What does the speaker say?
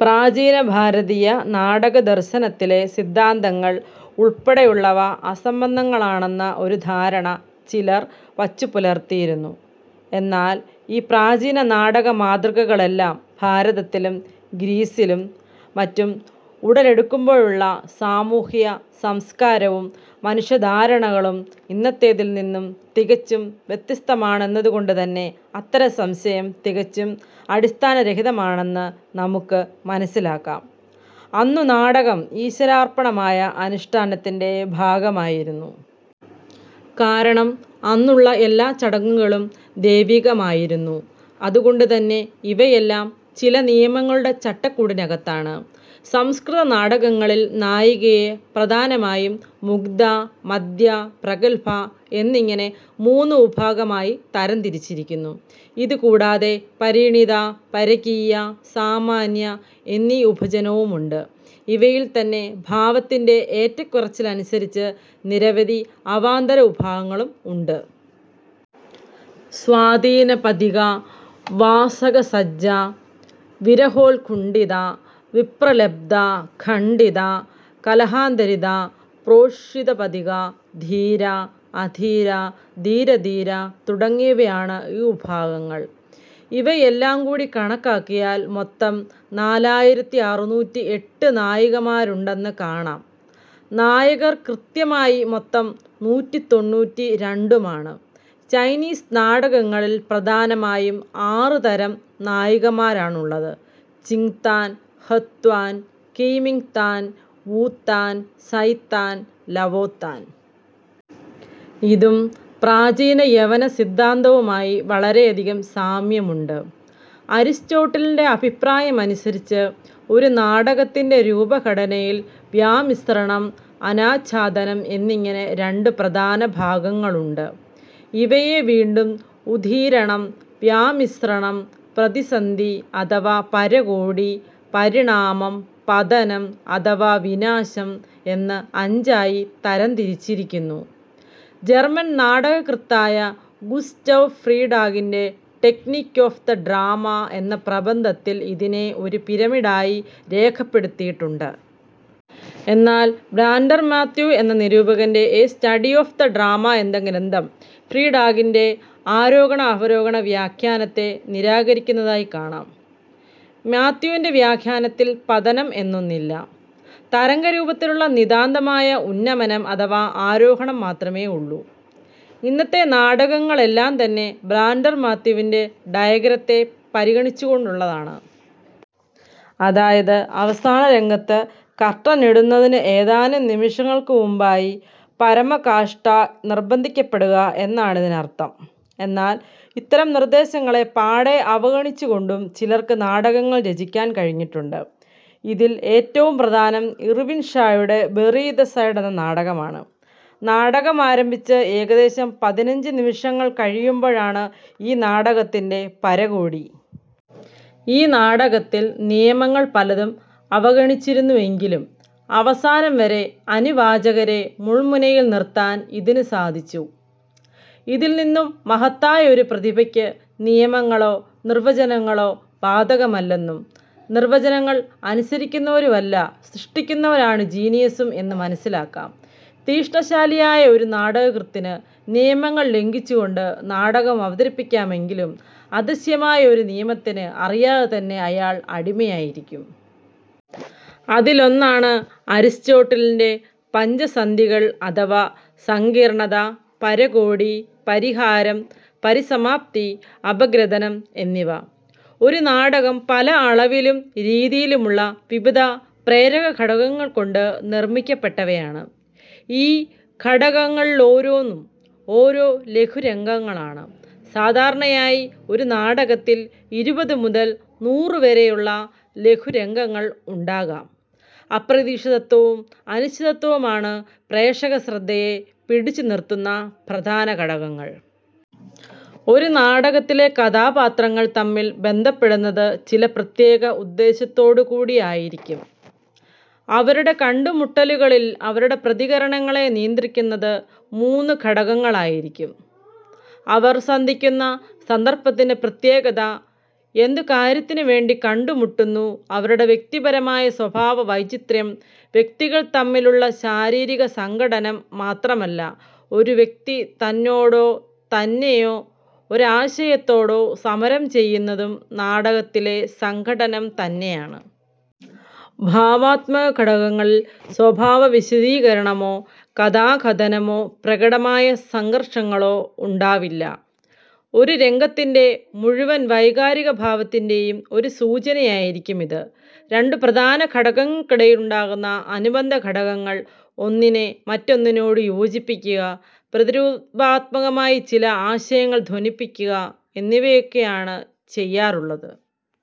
പ്രാചീന ഭാരതീയ നാടകദർശനത്തിലെ സിദ്ധാന്തങ്ങൾ ഉൾപ്പെടെയുള്ളവ അസംബന്ധങ്ങളാണെന്ന ഒരു ധാരണ ചിലർ വച്ചുപുലർത്തിയിരുന്നു. എന്നാൽ ഈ പ്രാചീന നാടകമാതൃകകളെല്ലാം ഭാരതത്തിലും ഗ്രീസിലും മറ്റും ഉടലെടുക്കുമ്പോഴുള്ള സാമൂഹ്യ സംസ്കാരവും മനുഷ്യധാരണകളും ഇന്നത്തേതിൽ നിന്നും തികച്ചും വ്യത്യസ്തമാണെന്നതുകൊണ്ടുതന്നെ അത്തരം സംശയം തികച്ചും അടിസ്ഥാനരഹിതമാണെന്ന് നമുക്ക് മനസ്സിലാക്കാം. അന്നു നാടകം ഈശ്വരാർപ്പണമായ അനുഷ്ഠാനത്തിൻ്റെ ഭാഗമായിരുന്നു. കാരണം അന്നുള്ള എല്ലാ ചടങ്ങുകളും ദൈവികമായിരുന്നു. അതുകൊണ്ടുതന്നെ ഇവയെല്ലാം ചില നിയമങ്ങളുടെ ചട്ടക്കൂടിനകത്താണ്. സംസ്കൃത നാടകങ്ങളിൽ നായികയെ പ്രധാനമായും മുഗ്ധ, മധ്യ, പ്രഗല്ഭ എന്നിങ്ങനെ മൂന്നു വിഭാഗമായി തരം തിരിച്ചിരിക്കുന്നു. ഇതുകൂടാതെ പരിണീത, പരകീയ, സാമാന്യ എന്നീ വിഭജനവുമുണ്ട്. ഇവയിൽത്തന്നെ ഭാവത്തിൻ്റെ ഏറ്റക്കുറച്ചിലനുസരിച്ച് നിരവധി അവാന്തരവിഭാഗങ്ങളും ഉണ്ട്. സ്വാധീനപതിക, വാസകസജ്ജ, വിരഹോൽക്കുണ്ഠിത, വിപ്രലബ്ധ, ഖണ്ഡിത, കലഹാന്തരിത, പ്രോഷിതപതിക, ധീര, അധീര, ധീരാധീര തുടങ്ങിയവയാണ് ഈ വിഭാഗങ്ങൾ. ഇവയെല്ലാം കൂടി കണക്കാക്കിയാൽ മൊത്തം നാലായിരത്തി അറുനൂറ്റി എട്ട് നായികമാരുണ്ടെന്ന് കാണാം. നായകർ കൃത്യമായി മൊത്തം നൂറ്റിത്തൊണ്ണൂറ്റി രണ്ടുമാണ്. ചൈനീസ് നാടകങ്ങളിൽ പ്രധാനമായും ആറു തരം നായികമാരാണുള്ളത്; ചിങ് താൻ, ഹ്വാതാൻ, ക്വിയിമെങ് താൻ, വൂത്താൻ, സയ്ത്താൻ, ലവോത്താൻ. ഇതും പ്രാചീന യവന സിദ്ധാന്തവുമായി വളരെയധികം സാമ്യമുണ്ട്. അരിസ്റ്റോട്ടിലിൻ്റെ അഭിപ്രായമനുസരിച്ച് ഒരു നാടകത്തിൻ്റെ രൂപഘടനയിൽ വ്യാമിശ്രണം, അനാച്ഛാദനം എന്നിങ്ങനെ രണ്ട് പ്രധാന ഭാഗങ്ങളുണ്ട്. ഇവയെ വീണ്ടും ഉദീരണം, വ്യാമിശ്രണം, പ്രതിസന്ധി അഥവാ പരകോടി, പരിണാമം, പതനം അഥവാ വിനാശം എന്ന് അഞ്ചായി തരംതിരിച്ചിരിക്കുന്നു. ജർമ്മൻ നാടകകൃത്തായ ഗുസ്റ്റവ് ഫ്രീടാഗിൻ്റെ ടെക്നിക് ഒഫ് ദി ഡ്രാമ എന്ന പ്രബന്ധത്തിൽ ഇതിനെ ഒരു പിരമിഡായി രേഖപ്പെടുത്തിയിട്ടുണ്ട്. എന്നാൽ ബ്രാൻഡർ മാത്യു എന്ന നിരൂപകൻ്റെ a study of the drama എന്ന ഗ്രന്ഥം ഫ്രീടാഗിൻ്റെ ആരോഹണാവരോഹണ വ്യാഖ്യാനത്തെ നിരാകരിക്കുന്നതായി കാണാം. മാത്യുവിൻ്റെ വ്യാഖ്യാനത്തിൽ പതനം എന്നൊന്നില്ല. തരംഗരൂപത്തിലുള്ള നിതാന്തമായ ഉന്നമനം അഥവാ ആരോഹണം മാത്രമേയുള്ളൂ. ഇന്നത്തെ നാടകങ്ങൾ എല്ലാം തന്നെ ബ്രാൻഡർ മാത്യുവിൻ്റെ ഡയഗ്രത്തെ പരിഗണിച്ചുകൊണ്ടുള്ളതാണ്. അതായത്, അവസാനരംഗത്ത് കർട്ടനിടുന്നതിന് ഏതാനും നിമിഷങ്ങൾക്കു മുമ്പായി പരമകാഷ്ഠ നിർബന്ധിക്കപ്പെടുക എന്നതാണിതിനർഥം. എന്നാൽ ഇത്തരം നിർദ്ദേശങ്ങളെ പാടെ അവഗണിച്ചുകൊണ്ടും ചിലർക്ക് നാടകങ്ങൾ രചിക്കാൻ കഴിഞ്ഞിട്ടുണ്ട്. ഇതിൽ ഏറ്റവും പ്രധാനം ഇർവിൻ ഷായുടെ ബറി ദി ഡെഡ് എന്ന നാടകമാണ്. നാടകം ആരംഭിച്ച് ഏകദേശം പതിനഞ്ച് നിമിഷങ്ങൾ കഴിയുമ്പോഴാണ് ഈ നാടകത്തിൻ്റെ പരകോടി. ഈ നാടകത്തിൽ നിയമങ്ങൾ പലതും അവഗണിച്ചിരുന്നുവെങ്കിലും അവസാനം വരെ അനുവാചകരെ മുൾമുനയിൽ നിർത്താൻ ഇതിനു സാധിച്ചു. ഇതിൽനിന്നും മഹത്തായ ഒരു പ്രതിഭയ്ക്ക് നിയമങ്ങളോ നിർവചനങ്ങളോ ബാധകമല്ലെന്നും നിർവചനങ്ങൾ അനുസരിക്കുന്നവരല്ല, സൃഷ്ടിക്കുന്നവരാണ് ജീനിയസ് എന്നും മനസ്സിലാക്കാം. ധിഷണാശാലിയായ ഒരു നാടകകൃത്തിന് നിയമങ്ങൾ ലംഘിച്ചുകൊണ്ട് നാടകമവതരിപ്പിക്കാമെങ്കിലും അദൃശ്യമായ ഒരു നിയമത്തിന് അറിയാതെ തന്നെ അയാൾ അടിമയായിരിക്കും. അതിലൊന്നാണ് അരിസ്റ്റോട്ടിലിൻ്റെ പഞ്ചസന്ധികൾ അഥവാ സങ്കീർണ്ണത, പരകോടി, പരിഹാരം, പരിസമാപ്തി, അപഗ്രഥനം എന്നിവ. ഒരു നാടകം പല അളവിലും രീതിയിലുമുള്ള വിവിധ പ്രേരകഘടകങ്ങൾ കൊണ്ട് നിർമ്മിക്കപ്പെട്ടവയാണ്. ഈ ഘടകങ്ങളോരോന്നും ഓരോ ലഘുരംഗങ്ങളാണ്. സാധാരണയായി ഒരു നാടകത്തിൽ ഇരുപതു മുതൽ നൂറുവരെയുള്ള ലഘുരംഗങ്ങൾ ഉണ്ടാകാം. അപ്രതീക്ഷിതത്വവും അനിശ്ചിതത്വവുമാണ് പ്രേക്ഷകശ്രദ്ധയെ പിടിച്ചു നിർത്തുന്ന പ്രധാന ഘടകങ്ങൾ. ഒരു നാടകത്തിലെ കഥാപാത്രങ്ങൾ തമ്മിൽ ബന്ധപ്പെടുന്നത് ചില പ്രത്യേക ഉദ്ദേശത്തോടുകൂടിയായിരിക്കും. അവരുടെ കണ്ടുമുട്ടലുകളിൽ അവരുടെ പ്രതികരണങ്ങളെ നിയന്ത്രിക്കുന്നത് മൂന്ന് ഘടകങ്ങളായിരിക്കും; അവർ സന്ധിക്കുന്ന സന്ദർഭത്തിൻ്റെ പ്രത്യേകത, എന്തു കാര്യത്തിനുവേണ്ടി കണ്ടുമുട്ടുന്നു, അവരുടെ വ്യക്തിപരമായ സ്വഭാവ വൈചിത്ര്യം. വ്യക്തികൾ തമ്മിലുള്ള ശാരീരിക സംഘട്ടനം മാത്രമല്ല, ഒരു വ്യക്തി തന്നോടു തന്നെയോ ഒരാശയത്തോടോ സമരം ചെയ്യുന്നതും നാടകത്തിലെ സംഘട്ടനം തന്നെയാണ്. ഭാവാത്മക ഘടകങ്ങളിൽ സ്വഭാവ വിശദീകരണമോ കഥാകഥനമോ പ്രകടമായ സംഘർഷങ്ങളോ ഉണ്ടാവില്ല. ഒരു രംഗത്തിൻ്റെ മുഴുവൻ വൈകാരിക ഭാവത്തിൻ്റെയും ഒരു സൂചനയായിരിക്കും ഇത്. രണ്ടു പ്രധാന ഘടകങ്ങൾക്കിടയിൽ ഉണ്ടാകുന്ന അനുബന്ധ ഘടകങ്ങൾ ഒന്നിനെ മറ്റൊന്നിനോട് യോജിപ്പിക്കുക, പ്രതിരൂപാത്മകമായി ചില ആശയങ്ങൾ ധ്വനിപ്പിക്കുക എന്നിവയൊക്കെയാണ് ചെയ്യാറുള്ളത്.